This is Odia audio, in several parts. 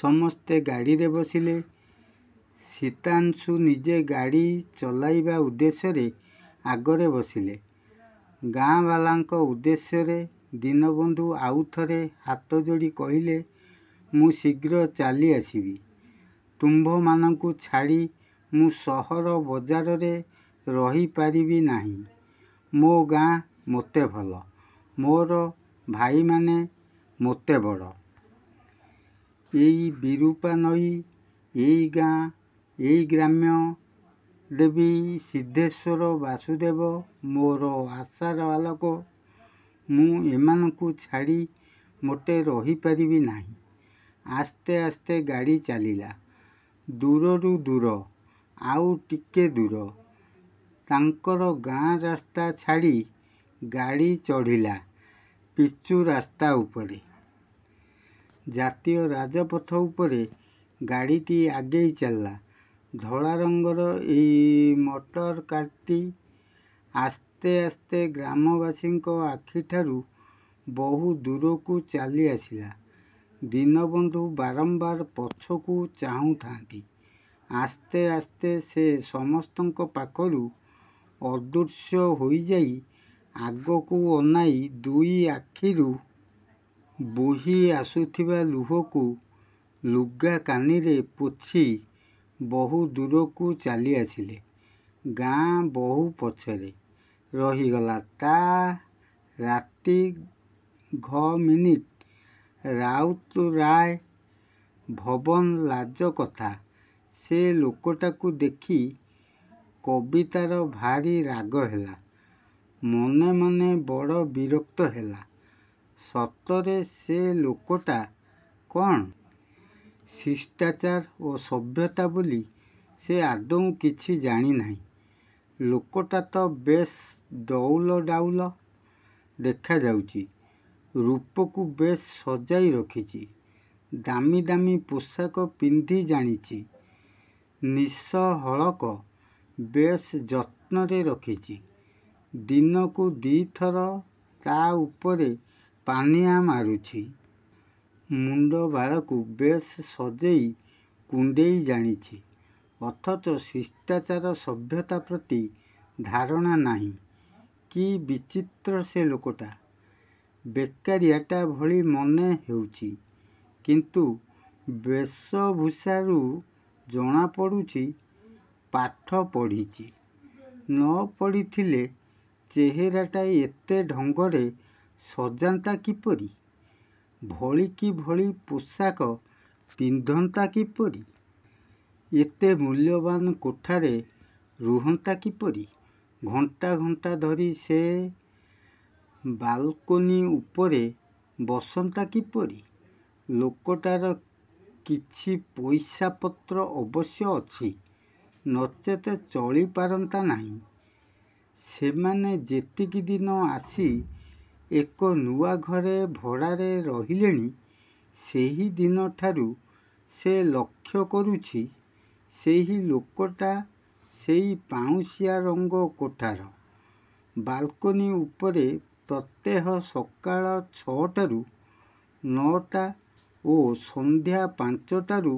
ସମସ୍ତେ ଗାଡ଼ିରେ ବସିଲେ। ଶୀତାଂଶୁ ନିଜେ ଗାଡ଼ି ଚଲାଇବା ଉଦ୍ଦେଶ୍ୟରେ ଆଗରେ ବସିଲେ। ଗାଁବାଲାଙ୍କ ଉଦ୍ଦେଶ୍ୟରେ ଦୀନବନ୍ଧୁ ଆଉଥରେ ହାତ ଯୋଡ଼ି କହିଲେ, ''ମୁଁ ଶୀଘ୍ର ଚାଲି ଆସିବି। ତୁମ୍ଭମାନଙ୍କୁ ଛାଡ଼ି ମୁଁ ସହର ବଜାରରେ ରହିପାରିବି ନାହିଁ। ମୋ ଗାଁ ମୋତେ ଭଲ। ମୋର ଭାଇ ମୋତେ ବଡ଼। ଏଇ ବିରୂପା ନଈ, ଏଇ ଗାଁ, ଏଇ ଗ୍ରାମ୍ୟ ଦେବୀ, ସିଦ୍ଧେଶ୍ୱର ବାସୁଦେବ ମୋର ଆଶାର ଆଲୋକ। ମୁଁ ଏମାନଙ୍କୁ ଛାଡ଼ି ମୋଟେ ରହି ପାରିବି ନାହିଁ। '' ଆସ୍ତେ ଆସ୍ତେ ଗାଡ଼ି ଚାଲିଲା। ଦୂରରୁ ଦୂର, ଆଉ ଟିକେ ଦୂର। ତାଙ୍କର ଗାଁ ରାସ୍ତା ଛାଡ଼ି ଗାଡ଼ି ଚଢ଼ିଲା ପିଚୁ ରାସ୍ତା ଉପରେ। ଜାତୀୟ ରାଜପଥ ଉପରେ ଗାଡ଼ିଟି ଆଗେଇ ଚାଲିଲା। ଧଳା ରଙ୍ଗର ଏଇ ମଟର କାର୍ଟି ଆସ୍ତେ ଆସ୍ତେ ଗ୍ରାମବାସୀଙ୍କ ଆଖିଠାରୁ ବହୁ ଦୂରକୁ ଚାଲିଆସିଲା। ଦୀନବନ୍ଧୁ ବାରମ୍ୱାର ପଛକୁ ଚାହୁଁଥାନ୍ତି। ଆସ୍ତେ ଆସ୍ତେ ସେ ସମସ୍ତଙ୍କ ପାଖରୁ ଅଦୃଶ୍ୟ ହୋଇଯାଇ ଆଗକୁ ଅନାଇ ଦୁଇ ଆଖିରୁ। ବୋହି ଆସୁଥିବା ଲୁହକୁ ଲୁଗାକାନିରେ ପୋଛି ବହୁ ଦୂରକୁ ଚାଲିଆସିଲେ, ଗାଁ ବହୁ ପଛରେ ରହିଗଲା। ତା। ରାତି ଘ ମିନିଟ୍ ରାଉତରାୟ ଭବନ ଲାଜ କଥା ସେ ଲୋକଟାକୁ ଦେଖି କବିତାର ଭାରି ରାଗହେଲା। ମନେ ମନେ ବଡ଼ ବିରକ୍ତ ହେଲା। ସତରେ ସେ ଲୋକଟା କ'ଣ? ଶିଷ୍ଟାଚାର ଓ ସଭ୍ୟତା ବୋଲି ସେ ଆଦୌ କିଛି ଜାଣିନାହିଁ। ଲୋକଟା ତ ବେଶ୍ ଡଉଲ ଡାଉଲ ଦେଖାଯାଉଛି। ରୂପକୁ ବେଶ୍ ସଜାଇ ରଖିଛି। ଦାମି ଦାମି ପୋଷାକ ପିନ୍ଧି ଜାଣିଛି। ନିଶହଳକ ବେଶ୍ ଯତ୍ନରେ ରଖିଛି। ଦିନକୁ ଦି' ଥର ତା' ଉପରେ ପାନିଆ ମାରୁଛି। ମୁଣ୍ଡ ବାଳକୁ ବେଶ୍ ସଜେଇ କୁଣ୍ଡେଇ ଜାଣିଛି। ଅଥଚ ଶିଷ୍ଟାଚାର ସଭ୍ୟତା ପ୍ରତି ଧାରଣା ନାହିଁ। କି ବିଚିତ୍ର ସେ ଲୋକଟା, ବେକାରିଆଟା ଭଳି ମନେ ହେଉଛି। କିନ୍ତୁ ବେଶଭୂଷାରୁ ଜଣାପଡ଼ୁଛି, ପାଠ ପଢ଼ିଛି। ନ ପଢ଼ିଥିଲେ ଚେହେରାଟା ଏତେ ଢଙ୍ଗରେ ସଜାନ୍ତା କିପରି? ଭଳିକି ଭଳି ପୋଷାକ ପିନ୍ଧନ୍ତା କିପରି? ଏତେ ମୂଲ୍ୟବାନ୍ କୋଠାରେ ରୁହନ୍ତା କିପରି? ଘଣ୍ଟା ଘଣ୍ଟା ଧରି ସେ ବାଲକୋନି ଉପରେ ବସନ୍ତା କିପରି? ଲୋକଟାର କିଛି ପଇସାପତ୍ର ଅବଶ୍ୟ ଅଛି। ନଚେତ୍ ଚଳିପାରନ୍ତା ନାହିଁ। ସେମାନେ ଯେତିକି ଦିନ ଆସି ଏ ନୂଆ ଘରେ ଭଡ଼ାରେ ରହିଲେଣି, ସେଦିନଠାରୁ ସେ ଲକ୍ଷ୍ୟ କରୁଛି, ସେହି ଲୋକଟା ସେହି ପାଉଁଶିଆ ରଙ୍ଗ କୋଠାର ବାଲକୋନି ଉପରେ ପ୍ରତ୍ୟେହ ସକାଳ ଛଅଟାରୁ ନଅଟା ଓ ସନ୍ଧ୍ୟା ପାଞ୍ଚଟାରୁ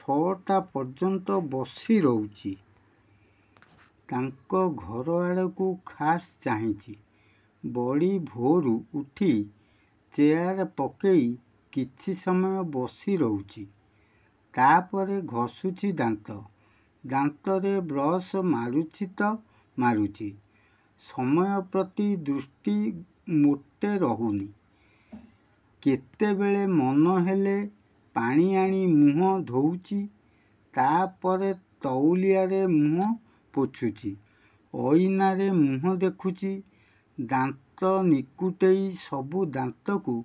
ଛଅଟା ପର୍ଯ୍ୟନ୍ତ ବସି ରହୁଛି। ତାଙ୍କ ଘରଆଡ଼କୁ ଖାସ୍ ଚାହିଁଛି। ବଡ଼ିଭୋରୁ ଉଠି ଚେୟାର ପକେଇ କିଛି ସମୟ ବସି ରହୁଛି। ତା'ପରେ ଘଷୁଛି ଦାନ୍ତ। ଦାନ୍ତରେ ବ୍ରସ୍ ମାରୁଛି ତ ମାରୁଛି। ସମୟ ପ୍ରତି ଦୃଷ୍ଟି ମୋଟେ ରହୁନି। କେତେବେଳେ ମନହେଲେ ପାଣିଆଣି ମୁହଁ ଧୋଉଛି। ତା'ପରେ ତଉଲିଆରେ ମୁହଁ ପୋଛୁଛି। ଅଇନାରେ ମୁହଁ ଦେଖୁଛି। ଦାନ୍ତ ନିକୁଟେଇ ସବୁ ଦାନ୍ତକୁ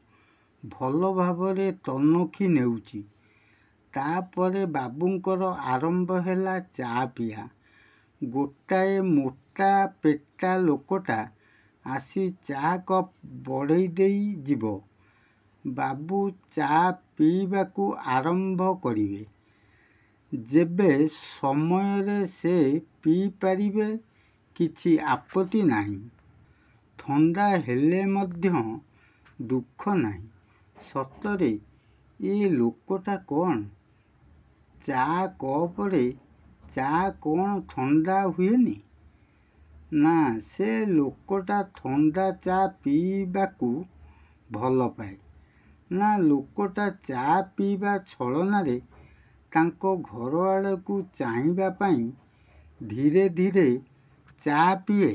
ଭଲଭାବରେ ତନଖି ନେଉଛି। ତା'ପରେ ବାବୁଙ୍କର ଆରମ୍ଭ ହେଲା ଚା' ପିଆ। ଗୋଟାଏ ମୋଟା ପେଟା ଲୋକଟା ଆସି ଚା' କପ୍ ବଢ଼େଇଦେଇ ଯିବ। ବାବୁ ଚା' ପିଇବାକୁ ଆରମ୍ଭ କରିବେ। ଯେତେ ସମୟରେ ସେ ପିଇପାରିବେ କିଛି ଆପତ୍ତି ନାହିଁ। ଥଣ୍ଡା ହେଲେ ମଧ୍ୟ ଦୁଃଖ ନାହିଁ। ସତରେ ଏ ଲୋକଟା କ'ଣ? ତା' କପରେ ଚା' କ'ଣ ଥଣ୍ଡା ହୁଏନି? ନା, ସେ ଲୋକଟା ଥଣ୍ଡା ଚା' ପିଇବାକୁ ଭଲପାଏ, ନା, ଲୋକଟା ଚା' ପିଇବା ଛଳନାରେ ତାଙ୍କ ଘରଆଡ଼କୁ ଚାହିଁବାପାଇଁ ଧୀରେ ଧୀରେ ଚା' ପିଏ।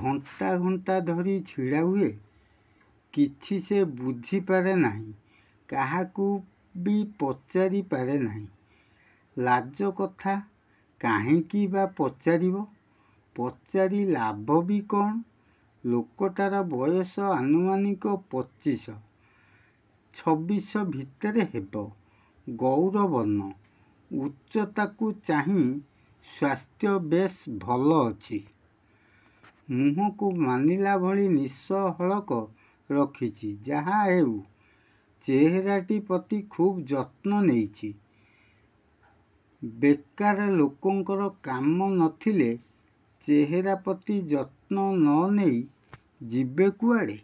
ଘଣ୍ଟା ଘଣ୍ଟା ଧରି ଛିଡ଼ା ହୁଏ। କିଛି ସେ ବୁଝିପାରେ ନାହିଁ। କାହାକୁ ବି ପଚାରି ପାରେ ନାହିଁ, ଲାଜକଥା। କାହିଁକି ବା ପଚାରିବ? ପଚାରି ଲାଭ ବି କ'ଣ? ଲୋକଟାର ବୟସ ଅନୁମାନିକ ପଚିଶ, ଛବିଶ ଭିତରେ ହେବ। ଗୌର ବର୍ଣ୍ଣ, ଉଚ୍ଚତାକୁ ଚାହିଁ ସ୍ୱାସ୍ଥ୍ୟ ବେଶ୍ ଭଲ ଅଛି। ମୁହଁକୁ ମାନିଲା ଭଳି ନିଶ ହଳକ ରଖିଛି। ଯାହା ହେଉ ଚେହେରାଟି ପ୍ରତି ଖୁବ୍ ଯତ୍ନ ନେଇଛି। ବେକାର ଲୋକଙ୍କର କାମ ନ ଥିଲେ ଚେହେରା ପ୍ରତି ଯତ୍ନ ନ ନେଇ ଯିବେ କୁଆଡ଼େ।